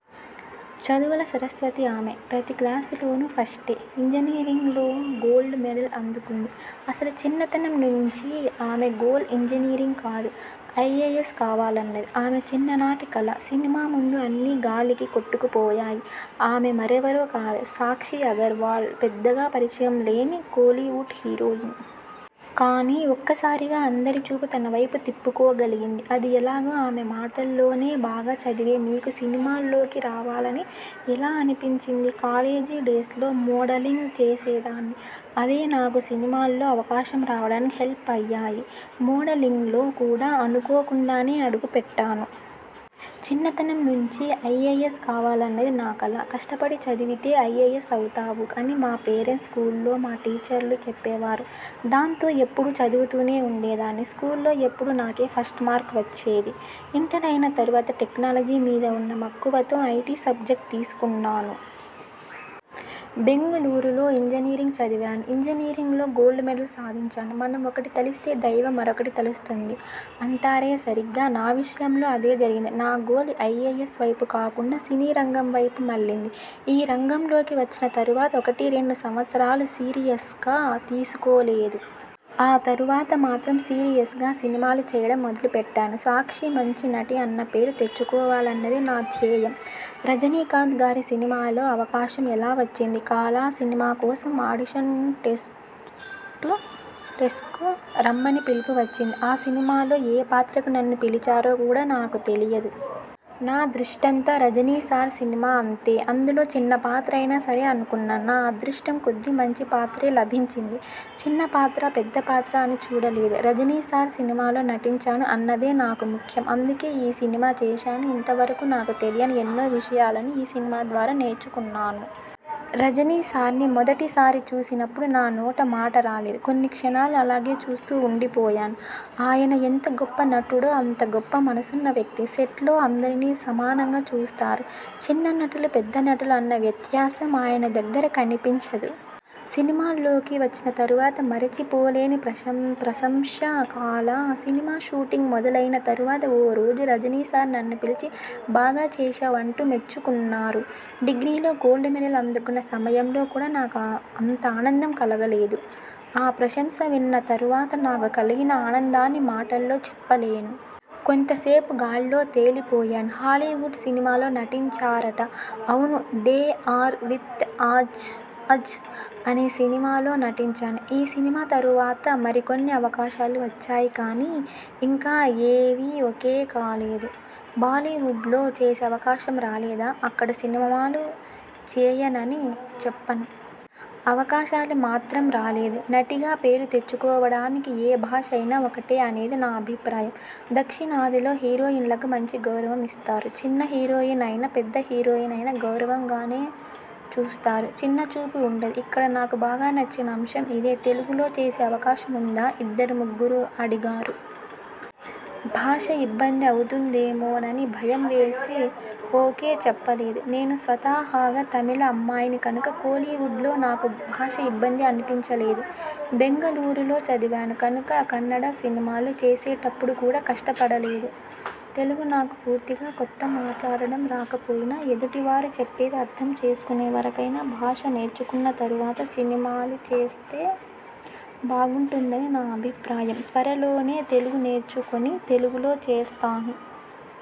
చదువుల సరస్వతి ఆమె. ప్రతి క్లాసులోనూ ఫస్టే! ఇంజనీరింగ్లో గోల్డ్ మెడల్ అందుకుంది. అసలు చిన్నతనం నుంచీ ఆమె గోల్ ఇంజనీరింగ్ కాదు. ఐఏఎస్ కావాలన్నది ఆమె చిన్ననాటి కల. సినిమా ముందు అన్నీ గాలికి కొట్టుకుపోయాయి. ఆమె మరెవరో కాదు. సాక్షి అగర్వాల్ పెద్దగా పరిచయం లేని కోలీవుడ్ హీరోయిన్. కానీ ఒక్కసారిగా అందరి చూపు తన వైపు తిప్పుకోగలిగింది. అది ఎలాగో ఆమె మాటల్లోనేబాగా చదివే మీకు సినిమాల్లోకి రావాలని ఎలా అని పించింది? కాలేజీ డేస్లో మోడలింగ్ చేసేదాన్ని. అవే నాకు సినిమాల్లో అవకాశం రావడానికి హెల్ప్ అయ్యాయి. మోడలింగ్లో కూడా అనుకోకుండానే అడుగుపెట్టాను. చిన్నతనం నుంచీ ఐఏఎస్ కావాలన్నది నా కల. కష్టపడి చదివితే ఐఏఎస్ అవుతావు అని మా పేరెంట్స్, స్కూల్లో మా టీచర్లు చెప్పేవారు. దాంతో ఎప్పుడూ చదువుతూనే ఉండేదాన్ని. స్కూల్లో ఎప్పుడూ నాకే ఫస్ట్ మార్క్ వచ్చేది. ఇంటర్ అయిన తరువాత టెక్నాలజీ మీద ఉన్న మక్కువతో ఐటి సబ్జెక్ట్ తీసుకున్నాను. బెంగుళూరులో ఇంజనీరింగ్ చదివాను. ఇంజనీరింగులో గోల్డ్ మెడల్ సాధించాను. మనం ఒకటి తలిస్తే దైవం మరొకటి తలుస్తుంది అంటారేసరిగ్గా నా విషయంలో అదే జరిగింది. నా గోల్ ఐఏఎస్ వైపు కాకుండా సినీరంగం వైపు మళ్ళింది. ఈ రంగంలోకి వచ్చిన తరువాత ఒకటి రెండు సవత్సరాలు సీరియస్గా తీసుకోలేదు. ఆ తరువాత మాత్రం సీరియస్గా సినిమాలు చేయడం మొదలు పెట్టాను. సాక్షి మంచి నటి అన్న పేరు తెచ్చుకోవాలన్నదే నా ధ్యేయం. రజనీకాంత్ గారి సినిమాలో అవకాశం ఎలా వచ్చింది? 'కాలా' సినిమా కోసం అడిషన్ టెస్ట్కు రమ్మని పిలుపు వచ్చింది. ఆ సినిమాలో ఏ పాత్రకు నన్ను పిలిచారో కూడా నాకు తెలియదు. నా దృష్టంతా రజనీసార్ సినిమా అంతే! అందులో చిన్న పాత్ర అయినా సరే అనుకున్నాను. నా అదృష్టం కొద్దీ మంచి పాత్రే లభించింది. చిన్నపాత్రా, పెద్ద పాత్రా అని చూడలేదు. రజనీసార్ సినిమాలో నటించాను అన్నదే నాకు ముఖ్యం అందుకే ఈ సినిమా చేశాను. ఇంత వరకూ నాకు తెలియని ఎన్నో విషయాలను ఈ సినిమా ద్వారా నేర్చుకున్నాను. రజనీసార్ని మొదటి సారి చూసినప్పుడు నా నోట మాట రాలేదు. కొన్ని క్షణాలు అలాగే చూస్తూ ఉండిపోయాను. ఆయన ఎంత గొప్ప నటుడో అంత గొప్ప మనసున్న వ్యక్తి. సెట్లో అందరినీ సమానంగా చూస్తారు. చిన్న నటులు, పెద్ద నటులు అన్న వ్యత్యాసం ఆయన దగ్గర కనిపించదు. సినిమాల్లోకి వచ్చిన తరువాత మరిచి పోలేని ప్రసంశ 'కాలా' సినిమా షూటింగ్ మొదలయిన తరువాత ఓ రోజు రజనీసార్ నన్ను పిలిచి 'బాగా చేశావ్' అంటూ మెచ్చుకున్నారు. డిగ్రీలో గోల్డ్ మెడల్ అందుకున్న సమయంలో కూడా నాకు అంత ఆనందం కలగలేదు. ఆ ప్రశంస విన్న తరువాత నాకు కలిగిన ఆనందాన్ని మాటల్లో చెప్పలేను. కొంతసేపు గాల్లో తేలిపోయాను. హాలీవుడ్ సినిమాలో నటించారట? అవును 'దే ఆర్ విత్ అజ్' అనే సినిమాలో నటించాను. ఈ సినిమా తరువాత మరికొన్ని అవకాశాలు వచ్చాయి కానీ, ఇంకా ఏవీ ఓకే కాలేదు. బాలీవుడ్లో చేసే అవకాశం రాలేదా? అక్కడ సినిమాలు చేయనని చెప్పను. అవకాశాలు మాత్రం రాలేదు. నటిగా పేరు తెచ్చుకోవడానికి ఏ భాష అయినా ఒకటే అనేది నా అభిప్రాయం. దక్షిణాదిలో హీరోయిన్లకు మంచి గౌరవం ఇస్తారు. చిన్న హీరోయిన్ అయినా, పెద్ద హీరోయిన్ అయినా గౌరవంగానే చూస్తారు. చిన్న చూపు ఉండదు. ఇక్కడ నాకు బాగా నచ్చిన అంశం ఇదే తెలుగులో చేసే అవకాశం ఉందా ఇద్దరు ముగ్గురు అడిగారు. భాష ఇబ్బంది అవుతుందేమోనని భయం వేసి ఓకే చెప్పలేదు. నేను స్వతాహాగా తమిళ అమ్మాయిని కనుక కోలీవుడ్లో నాకు భాష ఇబ్బంది అనిపించలేదు. బెంగళూరులో చదివాను కనుక కన్నడ సినిమాలు చేసేటప్పుడు కూడా కష్టపడలేదు. తెలుగు నాకు పూర్తిగా కొత్త. మాట్లాడడం రాకపోయినా, ఎదుటి వారు చెప్పేది అర్థం చేసుకునే వరకైనా భాష నేర్చుకున్న తరువాత సినిమాలు చేస్తే బాగుంటుందని నా అభిప్రాయం. త్వరలోనే తెలుగు నేర్చుకుని, తెలుగులో చేస్తాను.